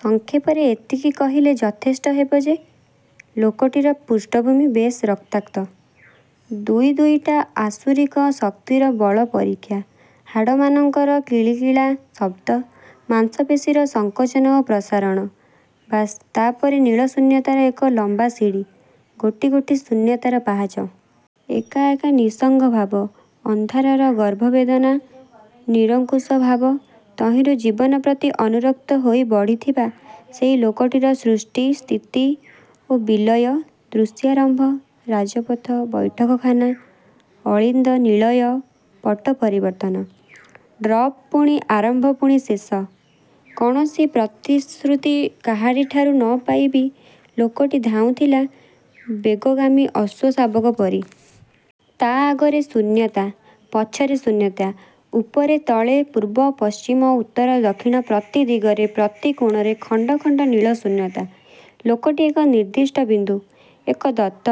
ସଂକ୍ଷେପରେ ଏତିକି କହିଲେ ଯଥେଷ୍ଟ ହେବ ଯେ, ଲୋକଟିର ପୃଷ୍ଠଭୂମି ବେଶ୍ ରକ୍ତାକ୍ତ-। ଦୁଇ ଦୁଇଟା ଆସୁରିକ ଶକ୍ତିର ବଳ ପରୀକ୍ଷା। ହାଡ଼ମାନଙ୍କର କିଳିକିଳା ଶବ୍ଦ। ମାଂସପେଶୀର ସଂକୋଚନ ଓ ପ୍ରସାରଣ। ବାସ୍, ତା'ପରେ ନୀଳ ଶୂନ୍ୟତାର ଏକ ଲମ୍ବା ସିଡ଼ି। ଗୋଟି ଗୋଟି ଶୂନ୍ୟତାର ପାହାଚ। ଏକା ଏକା ନିଃସଙ୍ଗଭାବ। ଅନ୍ଧାରର ଗର୍ଭବେଦନା। ନିରଙ୍କୁଶଭାବ-। ତହିଁରୁ ଜୀବନ ପ୍ରତି ଅନୁରକ୍ତ ହୋଇ ବଢ଼ିଥିବା ସେଇ ଲୋକଟିର ସୃଷ୍ଟି, ସ୍ଥିତି ଓ ବିଲୟ-। ଦୃଶ୍ୟାରମ୍ଭ। ରାଜପଥ। ବୈଠକଖାନା। ଅଳିନ୍ଦ, ନିଳୟ, ପଟ୍ଟପରିବର୍ତ୍ତନ। ଡ୍ରପ ପୁଣି ଆରମ୍ଭ ପୁଣି ଶେଷ। କୌଣସି ପ୍ରତିଶ୍ରୁତି କାହାରିଠାରୁ ନପାଇବି ଲୋକଟି ଧାଉଁଥିଲା ବେଗଗାମୀ ଅଶ୍ୱ ଶାବକ ପରି। ତା' ଆଗରେ ଶୂନ୍ୟତା। ପଛରେ ଶୂନ୍ୟତା। ଉପରେ, ତଳେ, ପୂର୍ବ, ପଶ୍ଚିମ, ଉତ୍ତର, ଦକ୍ଷିଣ ପ୍ରତି ଦିଗରେ, ପ୍ରତି କୋଣରେ ଖଣ୍ଡ ଖଣ୍ଡ ନୀଳ ଶୂନ୍ୟତା। ଲୋକଟି ଏକ ନିର୍ଦ୍ଦିଷ୍ଟ ବିନ୍ଦୁ, ଏକ ଦତ୍ତ!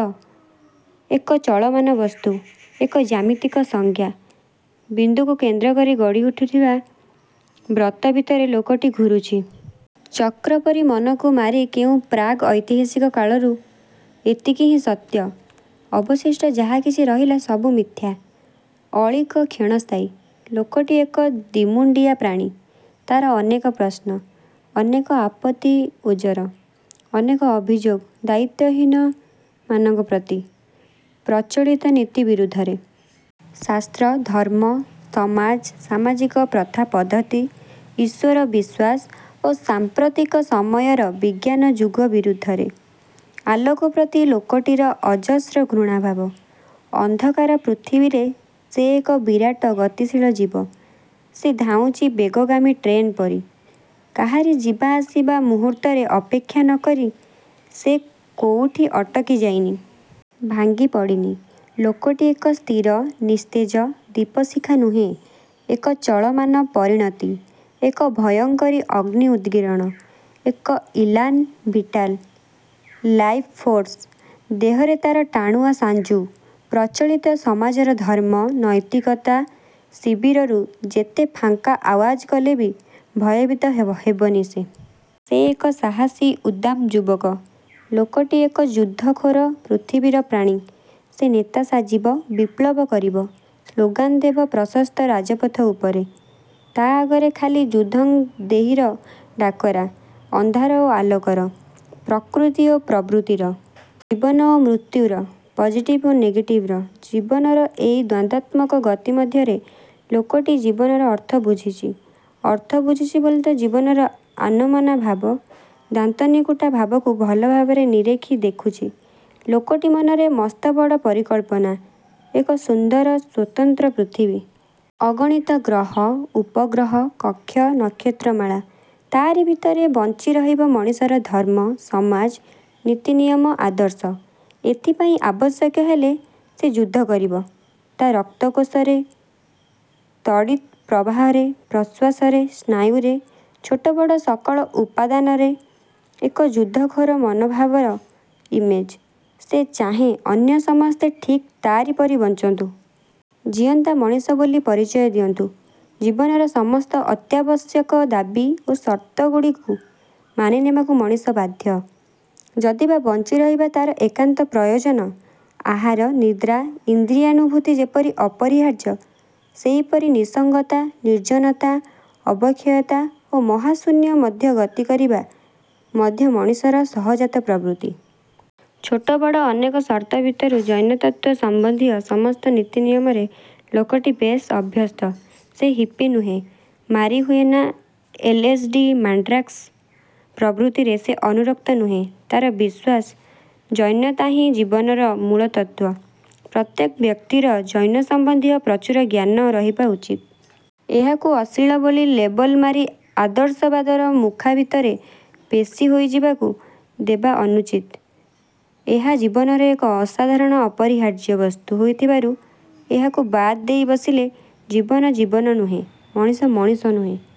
ଏକ ଚଳମାନ ବସ୍ତୁ। ଏକ ଜ୍ୟାମିତିକ ସଂଜ୍ଞା। ବିନ୍ଦୁକୁ କେନ୍ଦ୍ରକରି ଗଢ଼ି ଉଠିଥିବା ବ୍ରତ ଭିତରେ ଲୋକଟି ଘୂରୁଛି। ଚକ୍ରପରି ମନକୁ ମାରି କେଉଁ ପ୍ରାଗ୍-ଐତିହାସିକ କାଳରୁ! ଏତିକି ହିଁ ସତ୍ୟ। ଅବଶିଷ୍ଟ ଯାହା କିଛି ରହିଲା ସବୁ ମିଥ୍ୟା। ଅଳୀକ କ୍ଷଣସ୍ଥାୟୀ। ଲୋକଟି ଏକ ଦିମୁଣ୍ଡିଆ ପ୍ରାଣୀ। ତା'ର ଅନେକ ପ୍ରଶ୍ନ। ଅନେକ ଆପତ୍ତି ଓଜର। ଅନେକ ଅଭିଯୋଗ ଦାୟିତ୍ୱହୀନ ମାନଙ୍କ ପ୍ରତି। ପ୍ରଚଳିତ ନୀତି ବିରୁଦ୍ଧରେ। ଶାସ୍ତ୍ର, ଧର୍ମ, ସମାଜ, ସାମାଜିକ ପ୍ରଥା ପଦ୍ଧତି, ଈଶ୍ୱର ବିଶ୍ୱାସ ଓ ସାଂପ୍ରତିକ ସମୟର ବିଜ୍ଞାନ ଯୁଗ ବିରୁଦ୍ଧରେ। ଆଲୋକପ୍ରତି ଲୋକଟିର ଅଜସ୍ର ଘୃଣାଭାବ। ଅନ୍ଧକାର ପୃଥିବୀରେ ସେ ଏକ ବିରାଟ ଗତିଶୀଳ ଜୀବ। ସେ ଧାଉଁଛି ବେଗଗାମୀ ଟ୍ରେନପରି। କାହାରି ଯିବା ଆସିବା ମୁହୂର୍ତ୍ତରେ ଅପେକ୍ଷା ନକରି ସେ କୋଉଠି ଅଟକି ଯାଇନି। ଭାଙ୍ଗିପଡ଼ିନି। ଲୋକଟି ଏକ ସ୍ଥିର, ନିସ୍ତେଜ, ଦୀପଶିଖା ନୁହେଁ। ଏକ ଚଳମାନ ପରିଣତି। ଏକ ଭୟଙ୍କରୀ ଅଗ୍ନି ଉଦ୍ଗିରଣ। ଏକ ଇଲାନ୍ ଭିଟାଲ୍। Life force. ଦେହରେ ତା'ର ଟାଣୁଆ ସାଞ୍ଜୁ। ପ୍ରଚଳିତ ସମାଜର ଧର୍ମ, ନୈତିକତା ଶିବିରରୁ ଯେତେ ଫାଙ୍କା ଆଓ୍ୱାଜ କଲେବି ଭୟଭୀତ ହେବନି ସେ। ସେ ଏକ ସାହସୀ ଉଦ୍ଦାମ ଯୁବକ।। ଲୋକଟି ଏକ ଯୁଦ୍ଧ ଖୋର ପୃଥିବୀର ପ୍ରାଣୀ। ସେ ନେତା ସାଜିବ। ବିପ୍ଳବ କରିବ। ସ୍ଳୋଗାନ ଦେବ ପ୍ରସସ୍ଥ ରାଜପଥ ଉପରେ। ତା' ଆଗରେ ଖାଲି ଯୁଦ୍ଧଂ ଦେହୀର ଡାକରା। ଅନ୍ଧାର ଓ ଆଲୋକର। ପ୍ରକୃତି ଓ ପ୍ରବୃତ୍ତିର! ଜୀବନ ଓ ମୃତ୍ୟୁର। ପଜିଟିଭ୍ ଓ ନେଗେଟିଭ୍ର। ଜୀବନର ଏଇ ଦ୍ୱନ୍ଦାତ୍ମକ ଗତିମଧ୍ୟରେ ଲୋକଟି ଜୀବନର ଅର୍ଥ ବୁଝିଛି। ଅର୍ଥ ବୁଝିଛି ବୋଲିତ ଜୀବନର ଆନମନା ଭାବ, ଦାନ୍ତନିକୁଟା ଭାବକୁ ଭଲଭାବରେ ନିରେଖି ଦେଖୁଛି। ଲୋକଟି ମନରେ ମସ୍ତବଡ଼ ପରିକଳ୍ପନା। ଏକ ସୁନ୍ଦର ସ୍ୱତନ୍ତ୍ର ପୃଥିବୀ। ଅଗଣିତ ଗ୍ରହ, ଉପଗ୍ରହ, କକ୍ଷ, ନକ୍ଷତ୍ରମାଳା। ତା'ରି ଭିତରେ ବଞ୍ଚିରହିବ ମଣିଷର ଧର୍ମ, ସମାଜ, ନୀତିନିୟମ, ଆଦର୍ଶ। ଏଥିପାଇଁ ଆବଶ୍ୟକ ହେଲେ ସେ ଯୁଦ୍ଧକରିବ। ତା' ରକ୍ତକୋଷରେ। ତଡ଼ିତ୍ ପ୍ରବାହରେ, ପ୍ରଶ୍ୱାସରେ, ସ୍ନାୟୁରେ, ଛୋଟବଡ଼ ସକଳ ଉପାଦାନରେ ଏକ ଯୁଦ୍ଧଖୋର ମନୋଭାବର ଇମେଜ୍। ସେ ଚାହେଁ ଅନ୍ୟସମସ୍ତେ ଠିକ୍ ତା'ରି ପରି ବଞ୍ଚନ୍ତୁ। ଜିଅନ୍ତା ମଣିଷ ବୋଲି ପରିଚୟ ଦିଅନ୍ତୁ। ଜୀବନର ସମସ୍ତ ଅତ୍ୟାବଶ୍ୟକ ଦାବି ଓ ସର୍ତ୍ତଗୁଡ଼ିକୁ ମାନିନେବାକୁ ମଣିଷ ବାଧ୍ୟ। ଯଦିବା ବଞ୍ଚିରହିବା ତା'ର ଏକାନ୍ତ ପ୍ରୟୋଜନ। ଆହାର, ନିଦ୍ରା, ଇନ୍ଦ୍ରିୟାନୁଭୂତି ଯେପରି ଅପରିହାର୍ଯ୍ୟ ସେହିପରି ନିଃସଙ୍ଗତା ନିର୍ଜନତା, ଅବକ୍ଷୟତା ଓ ମହାଶୂନ୍ୟ ମଧ୍ୟ ଗତିକରିବା ମଧ୍ୟ ମଣିଷର ସହଜାତ ପ୍ରବୃତ୍ତି। ଛୋଟ ବଡ଼ ଅନେକ ସର୍ତ୍ତ ଭିତରୁ ଯୌନତତ୍ତ୍ୱ ସମ୍ବନ୍ଧୀୟ ସମସ୍ତ ନୀତି ନିୟମରେ ଲୋକଟି ବେଶ୍ ଅଭ୍ୟସ୍ତ। ସେ ହିପ୍ପି ନୁହେଁ। Marijuana, L. S. D. Mandrax ପ୍ରଭୃତିରେ ସେ ଅନୁରକ୍ତ ନୁହେଁ। ତା'ର ବିଶ୍ୱାସ ଯୌନତାହିଁ ଜୀବନର ମୂଳତତ୍ତ୍ୱ। ପ୍ରତ୍ୟେକ ବ୍ୟକ୍ତିର ଯୌନ ସମ୍ବନ୍ଧୀୟ ପ୍ରଚୁର ଜ୍ଞାନ ରହିବା ଉଚିତ। ଏହାକୁ ଅଶ୍ଳୀଳ ବୋଲି ଲେବଲ୍ ମାରି ଆଦର୍ଶବାଦର ମୁଖାଭିତରେ ପେଶୀ ହୋଇଯିବାକୁ ଦେବା ଅନୁଚିତ। ଏହା ଜୀବନର ଏକ ଅସାଧାରଣ ଅପରିହାର୍ଯ୍ୟ ବସ୍ତୁ ହୋଇଥିବାରୁ ଏହାକୁ ବାଦ୍ ଦେଇ ବସିଲେ ଜୀବନ, ଜୀବନ ନୁହେଁ। ମଣିଷ, ମଣିଷ ନୁହେଁ।